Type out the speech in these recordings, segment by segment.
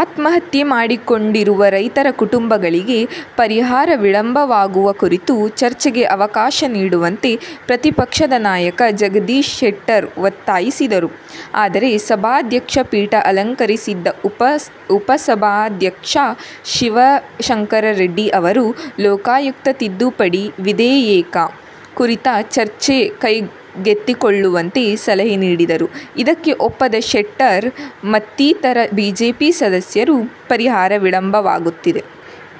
ಆತ್ಮಹತ್ಯೆ ಮಾಡಿಕೊಂಡಿರುವ ರೈತರ ಕುಟುಂಬಗಳಿಗೆ ಪರಿಹಾರ ವಿಳಂಬವಾಗುವ ಕುರಿತು ಚರ್ಚೆಗೆ ಅವಕಾಶ ನೀಡುವಂತೆ ಪ್ರತಿಪಕ್ಷದ ನಾಯಕ ಜಗದೀಶ್ ಶೆಟ್ಟರ್ ಒತ್ತಾಯಿಸಿದರು. ಆದರೆ, ಸಭಾಧ್ಯಕ್ಷ ಪೀಠ ಅಲಂಕರಿಸಿದ್ದ ಉಪಸಭಾಧ್ಯಕ್ಷ ಶಿವಶಂಕರರೆಡ್ಡಿ ಅವರು ಲೋಕಾಯುಕ್ತ ತಿದ್ದುಪಡಿ ವಿಧೇಯಕ ಕುರಿತ ಚರ್ಚೆ ಕೈಗೆತ್ತಿಕೊಳ್ಳುವಂತೆ ಸಲಹೆ ನೀಡಿದರು. ಇದಕ್ಕೆ ಒಪ್ಪದ ಶೆಟ್ಟರ್ ಮತ್ತಿತರ ಬಿಜೆಪಿ ಸದಸ್ಯರು ಪರಿಹಾರ ವಿಳಂಬವಾಗುತ್ತಿದೆ.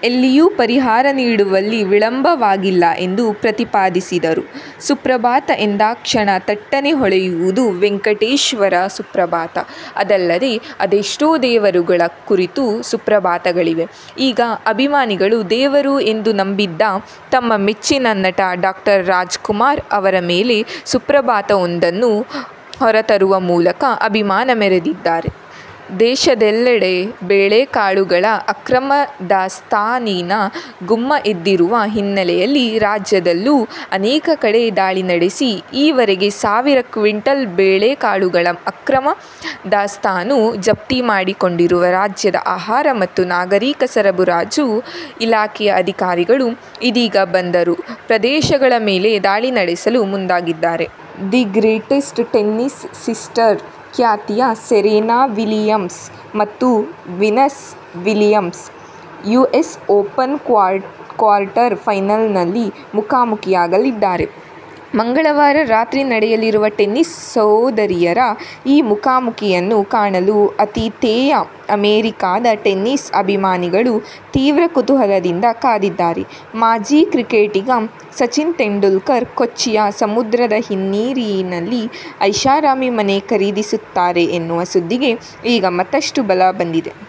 ಎಲ್ಲಿಯೂ ಪರಿಹಾರ ನೀಡುವಲ್ಲಿ ವಿಳಂಬವಾಗಿಲ್ಲ ಎಂದು ಪ್ರತಿಪಾದಿಸಿದರು. ಸುಪ್ರಭಾತ ಎಂದಾಕ್ಷಣ ಥಟ್ಟನೆ ಹೊಳೆಯುವುದು ವೆಂಕಟೇಶ್ವರ ಸುಪ್ರಭಾತ. ಅದಲ್ಲದೆ ಅದೆಷ್ಟೋ ದೇವರುಗಳ ಕುರಿತು ಸುಪ್ರಭಾತಗಳಿವೆ. ಈಗ ಅಭಿಮಾನಿಗಳು, ದೇವರು ಎಂದು ನಂಬಿದ್ದ ತಮ್ಮ ಮೆಚ್ಚಿನ ನಟ ಡಾ. ರಾಜ್ಕುಮಾರ್ ಅವರ ಮೇಲೆ ಸುಪ್ರಭಾತವೊಂದನ್ನು ಹೊರತರುವ ಮೂಲಕ ಅಭಿಮಾನ ಮೆರೆದಿದ್ದಾರೆ. ದೇಶದೆಲ್ಲಡೆ ಬೇಳೆಕಾಳುಗಳ ಅಕ್ರಮ ದಾಸ್ತಾನಿನ ಗುಮ್ಮ ಎದ್ದಿರುವ ಹಿನ್ನೆಲೆಯಲ್ಲಿ ರಾಜ್ಯದಲ್ಲೂ ಅನೇಕ ಕಡೆ ದಾಳಿ ನಡೆಸಿ ಈವರೆಗೆ ಸಾವಿರ ಕ್ವಿಂಟಾಲ್ ಬೇಳೆಕಾಳುಗಳ ಅಕ್ರಮ ದಾಸ್ತಾನು ಜಪ್ತಿ ಮಾಡಿಕೊಂಡಿರುವ ರಾಜ್ಯದ ಆಹಾರ ಮತ್ತು ನಾಗರಿಕ ಸರಬರಾಜು ಇಲಾಖೆಯ ಅಧಿಕಾರಿಗಳು, ಇದೀಗ ಬಂದರು ಪ್ರದೇಶಗಳ ಮೇಲೆ ದಾಳಿ ನಡೆಸಲು ಮುಂದಾಗಿದ್ದಾರೆ. "ದಿ ಗ್ರೇಟೆಸ್ಟ್ ಟೆನಿಸ್ ಸಿಸ್ಟರ್' ಖ್ಯಾತಿಯ ಸೆರೆನಾ ವಿಲಿಯಮ್ಸ್ ಮತ್ತು Venus Williams US Open quarter ಫೈನಲ್ನಲ್ಲಿ ಮುಖಾಮುಖೀಯಾಗಲಿದ್ದಾರೆ. ಮಂಗಳವಾರ ರಾತ್ರಿ ನಡೆಯಲಿರುವ ಟೆನಿಸ್ ಸೋದರಿಯರ ಈ ಮುಖಾಮುಖೀಯನ್ನು ಕಾಣಲು ಆತಿಥೇಯ ಅಮೆರಿಕದ ಟೆನಿಸ್ ಅಭಿಮಾನಿಗಳು ತೀವ್ರ ಕುತೂಹಲದಿಂದ ಕಾದಿದ್ದಾರೆ. ಮಾಜಿ ಕ್ರಿಕೆಟಿಗ ಸಚಿನ್ ತೆಂಡುಲ್ಕರ್ ಕೊಚ್ಚಿಯ ಸಮುದ್ರದ ಹಿನ್ನೀರಿನಲ್ಲಿ ಐಷಾರಾಮಿ ಮನೆ ಖರೀದಿಸುತ್ತಾರೆ ಎನ್ನುವ ಸುದ್ದಿಗೆ ಈಗ ಮತ್ತಷ್ಟು ಬಲ ಬಂದಿದೆ.